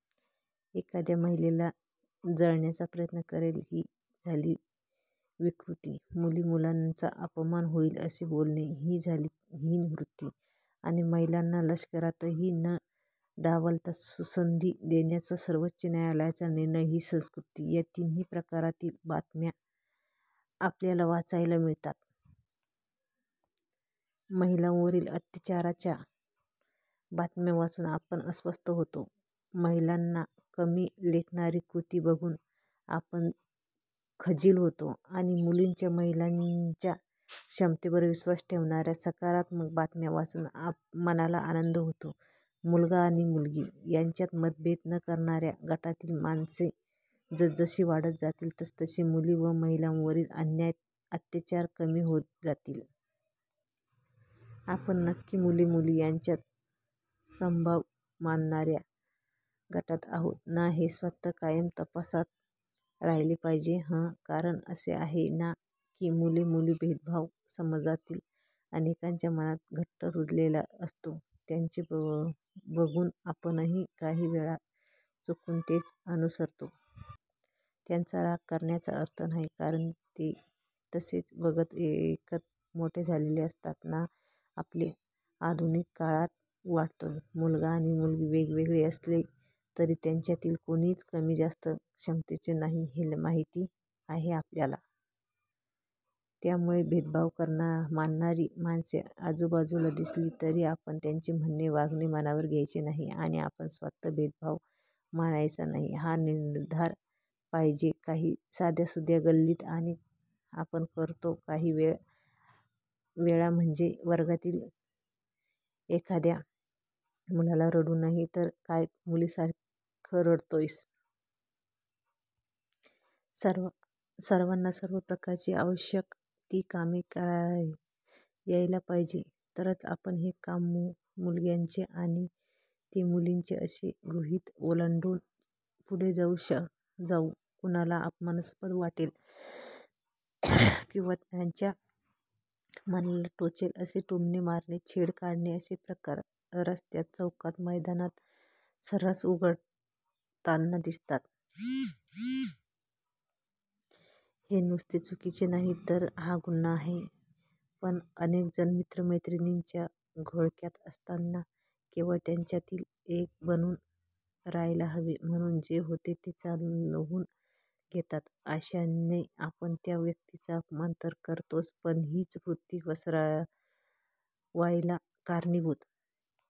एखाद्या महिलेला जाळण्याचा प्रयत्न करणे, ही झाली विकृती. मुली-महिलांचा अपमान होईल असे बोलणे, ही झाली हीन-वृत्ती आणि महिलांना लष्करातही न डावलता, सुसंधी देण्याचा सर्वोच्च न्यायालयाचा निर्णय ही संस्कृती! या तिन्ही प्रकारांतील बातम्या आपल्याला वाचायला मिळतात. महिलांवरील अत्याचाराच्या बातम्या वाचून आपण अस्वस्थ होतो. महिलांना कमी लेखणारी कृती बघून आपण खजील होतो; आणि मुलींच्या, महिलांच्या क्षमतेवर विश्वास ठेवणाऱ्या सकारात्मक बातम्या वाचून मनाला आनंद होतो. मुलगा आणि मुलगी यांच्यात भेदभाव न करणाऱ्या गटातील माणसे जसजशी वाढत जातील, तसतसे मुली व महिलांवरील अन्याय, अत्याचार कमी होत जातील. आपण नक्की मुले-मुली यांच्यात समभाव मानणाऱ्या गटात आहोत ना, हे स्वत: कायम तपासात राहिले पाहिजे हं! कारण असे आहे ना की, मुले-मुली भेदभाव समाजातील अनेकांच्या मनात घट्ट रुजलेला असतो. त्यांचे बघून आपणही काही वेळा चुकून तेच अनुसरतो. त्यांचा राग करण्यात अर्थ नाही, कारण ते तसेच बघत, ऐकत मोठे झालेले असतात ना! आपण आधुनिक काळात वाढतोय. मुलगा आणि मुलगी वेगवेगळे असले तरी त्यांच्यातील कोणीच कमी-जास्त क्षमतेचे नाही, हे माहिती आहे आपल्याला. त्यामुळे भेदभाव मानणारी माणसे आजूबाजूला दिसली तरी आपण त्यांचे म्हणणे, वागणे मनावर घ्यायचे नाही आणि आपण स्वत: भेदभाव मानायचा नाही, हा निर्धार पाहिजे. काही साध्यासुध्या गल्लती आपण करतो काही वेळा. म्हणजे वर्गातील एखाद्या मुलाला रडू आले तर, "काय मुलीसारखं रडतोयस? सर्वांना सर्व प्रकारची आवश्यक ती कामे यायला पाहिजेत, तरच आपण 'हे काम मुलग्याचे आणि ते मुलीचे' असे गृहीतक ओलांडून पुढे जाऊ. कुणाला अपमानास्पद वाटेल किंवा त्यांच्या मनाला टोचेल असे टोमणे मारणे, छेड काढणे असे प्रकार रस्त्यात, चौकात, मैदानात सर्रास घडताना दिसतात. हे नुसते चुकीचे नाही, तर हा गुन्हा आहे. पण अनेकजण मित्र-मैत्रिणींच्या घोळक्यात असताना, केवळ त्यांच्यातील एक बनून राहायला हवे म्हणून, जे होते ते चालवून घेतात. अशाने आपण त्या व्यक्तीचा अपमान तर करतोच, पण हीन वृत्ती पसरवायला कारणीभूत